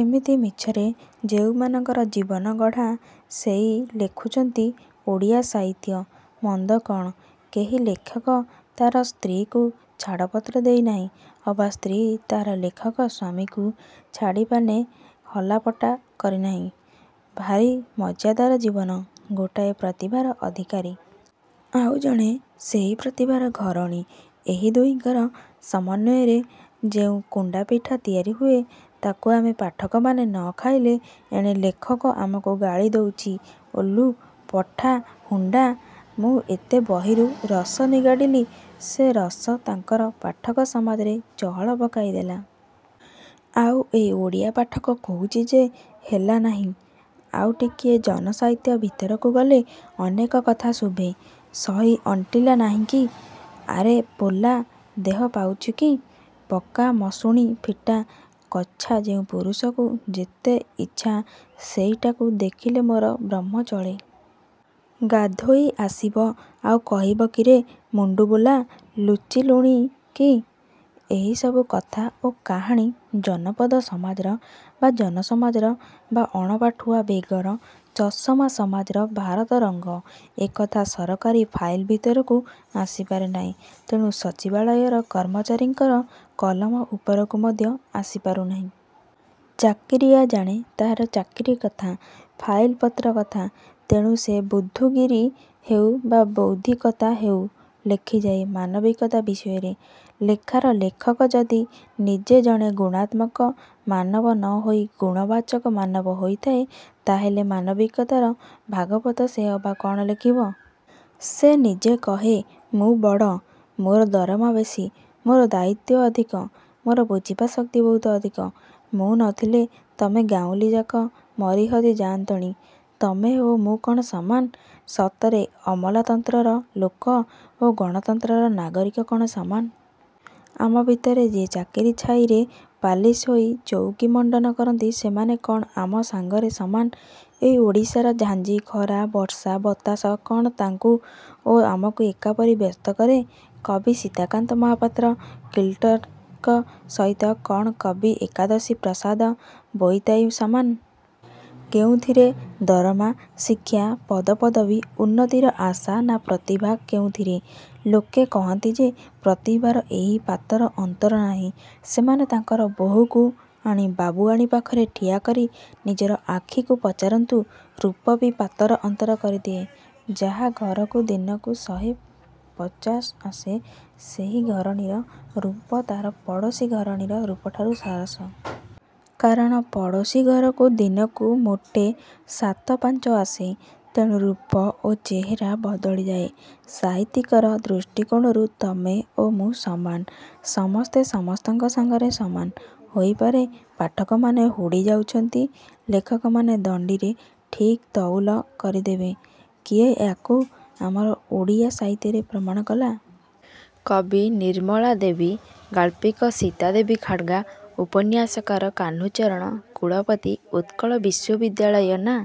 ଏମିତି ମିଛରେ ଯେଉଁମାନଙ୍କର ଜୀବନ ଗଢ଼ା ସେଇ ଲେଖୁଛନ୍ତି ଓଡ଼ିଆ ସାହିତ୍ୟ। ମନ୍ଦ କ'ଣ? କେହି ଲେଖକ ତାହାର ସ୍ତ୍ରୀ'କୁ ଛାଡ଼ପତ୍ର ଦେଇ ନାହିଁ ଅବା ସ୍ତ୍ରୀ ତାହାର ଲେଖକ ସ୍ୱାମୀକୁ ଛାଡ଼ି ପାନେ ହଲାପଟା କରିନାହିଁ। ଭାରି ମଜ୍ଜାଦାର ଜୀବନ। ଗୋଟାଏ ପ୍ରତିଭାର ଅଧିକାରୀ। ଆଉ ଜଣେ ସେହି ପ୍ରତିଭାର ଘରଣୀ। ଏହି ଦୁହିଙ୍କର ସମନ୍ୱୟରେ ଯେଉଁ କୁଣ୍ତାପିଠା ତିଆରି ହୁଏ ତା'କୁ ଆମେ ପାଠକମାନେ ନ ଖାଇଲେ ଏଣେ ଲେଖକ ଆମକୁ ଗାଳି ଦଉଛି-ଓଲୁ, ପଠା, ହୁଣ୍ତା। ମୁଁ ଏତେ ବହିରୁ ରସ ନିଗାଡ଼ିଲି। ସେ ରସ ତାଙ୍କର ପାଠକ ସମାଜରେ ଚହଳ ପକାଇ ଦେଲା। ଆଉ ଏହି ଓଡ଼ିଆପାଠକ କହୁଛି ଯେ ହେଲା ନାହିଁ। ଆଉ ଟିକିଏ ଜନ ସାହିତ୍ୟ ଭିତରକୁ ଗଲେ ଅନେକ କଥା ଶୁଭେ। ସହି ଅଣ୍ଟିଲା ନାହିଁକି? -ଆରେ ପୋଲା ଦେହ ପାଇଛୁ କି? ପକା ମଶୁଣି ଫିଟା କଛା ଯେଉଁ ପୁରୁଷକୁ ଯେତେ ଇଚ୍ଛା-ସେଇଟାକୁ ଦେଖିଲେ ମୋର ବ୍ରହ୍ମ ଚଳେ। ଗାଧୋଇ ଆସିବ ଆଉ କହିବ କିରେ ମୁଣ୍ତବୁଲା ଲୁଚିଲୁଣି କି? ଏହି ସବୁ କଥା ଓ କାହାଣୀ ଜନପଦ ସମାଜର ବା ଜନ ସମାଜର ବା ଅଣପାଠୁଆ ବେଗର ଚଷମା ସମାଜର ଭାରତରଙ୍ଗ। ଏକଥା ସରକାରୀ ଫାଇଲ ଭିତରକୁ ଆସିପାରେ ନାହିଁ। ତେଣୁ ସଚିବାଳୟର କର୍ମଚାରୀଙ୍କର କଲମ ଉପରକୁ ମଧ୍ୟ ଆସି ପାରୁନାହିଁ। ଚାକିରିଆ ଜାଣେ ତାହାର ଚାକିରି କଥା-ଫାଇଲ ପତ୍ର କଥା। ତେଣୁ ସେ ବୁଦ୍ଧୁଗିରି ହେଉ ବା ବୌଦ୍ଧିକତା ହେଉ ଲେଖିଯାଏ ମାନବିକତା ବିଷୟରେ। ଲେଖାର ଲେଖକ ଯଦି ନିଜେ ଜଣେ ଗୁଣାତ୍ମକ ମାନବ ନ ହୋଇ ଗୁଣବାଚକ ମାନବ ହୋଇଥାଏ ତାହାହେଲେ ମାନବିକତାର ଭାଗବତ ସେ ଅବା କ'ଣ ଲେଖିବ? ସେ ନିଜେ କହେ-ମୁଁ ବଡ଼। ମୋର ଦରମା ବେଶି। ମୋର ଦାୟିତ୍ୟ ଅଧିକ। ମୋର ବୁଝିବା ଶକ୍ତି ବହୁତ ଅଧିକ। ମୁଁ ନ ଥିଲେ ତମେ ଗାଉଁଲିଯାକ ମରି ହଜି ଯାଆନ୍ତଣି। ତମେ ଓ ମୁଁ କ'ଣ ସମାନ? ସତରେ ଅମଲାତନ୍ତ୍ରର ଲୋକ ଓ ଗଣତନ୍ତ୍ରର ନାଗରିକ କ'ଣ ସମାନ? ଆମ ଭିତରେ ଯିଏ ଚାକିରି ଛାଇରେ ପାଲିସ୍ ହୋଇ ଚଉକି ମଣ୍ତନ କରନ୍ତି ସେମାନେ କ'ଣ ଆମ ସାଙ୍ଗରେ ସମାନ।? ଏଇ ଓଡ଼ିଶାର ଝାଞ୍ଜି, ଖରା, ବର୍ଷା, ବତାସ କ'ଣ ତାଙ୍କୁ ଓ ଆମକୁ ଏକାପରି ବ୍ୟସ୍ତ କରେ? କବି ସୀତାକାନ୍ତ ମହାପାତ୍ର କିଲଟରଙ୍କ ସହିତ କ'ଣ କବି ଏକାଦଶୀ ପ୍ରସାଦ ବୋଇତାଇ ସମାନ? କେଉଁଥିରେ? ଦରମା, ଶିକ୍ଷା, ପଦପଦବୀ, ଉନ୍ନତିର ଆଶା ନା ପ୍ରତିଭା-କେଉଁଥିରେ? ଲୋକେ କହନ୍ତି ଯେ ପ୍ରତିଭାର ଏହି ପାତର ଅନ୍ତର ନାହିଁ। ସେମାନେ ତାଙ୍କର ବୋହୂକୁ ଆଣି ବାବୁଆଣୀ ପାଖରେ ଠିଆ କରି ନିଜର ଆଖିକୁ ପଚାରନ୍ତୁ-ରୂପ ବି ପାତର ଅନ୍ତର କରିଦିଏ। ଯାହା ଘରକୁ ଦିନକୁ ଶହେ ପଚାଶ ଆସେ ସେହି ଘରଣୀର ରୂପ ତାହାର ପଡ଼ୋଶୀ ଘରଣୀର ରୂପଠାରୁ ସରସ। କାରଣ ପଡ଼ୋଶୀ ଘରକୁ ଦିନକୁ ମୋଟେ ସାତ ପାଞ୍ଚ ଆସେ। ତେଣୁ ରୂପ ଓ ଚେହେରା ବଦଳିଯାଏ। ସାହିତ୍ୟିକର ଦୃଷ୍ଟିକୋଣରୁ ତମେ ଓ ମୁଁ ସମାନ। ସମସ୍ତେ ସମସ୍ତଙ୍କ ସାଙ୍ଗରେ ସମାନ-। ହୋଇପାରେ-ପାଠକମାନେ ହୁଡ଼ି ଯାଉଛନ୍ତି। ଲେଖକମାନେ ଦଣ୍ତିରେ ଠିକ୍ ତଉଲ କରିଦେବେ-। କିଏ ୟା'କୁ ଆମର ଓଡ଼ିଆ ସାହିତ୍ୟରେ ପ୍ରମାଣ କଲା? କବି ନିର୍ମଳା ଦେବୀ, ଗାଳ୍ପିକ ସୀତାଦେବୀ ଖାଡ଼ଙ୍ଗା, ଉପନ୍ୟାସକାର କାହ୍ନୁଚରଣ, କୁଳପତି ଉତ୍କଳ ବିଶ୍ୱବିଦ୍ୟାଳୟ ନା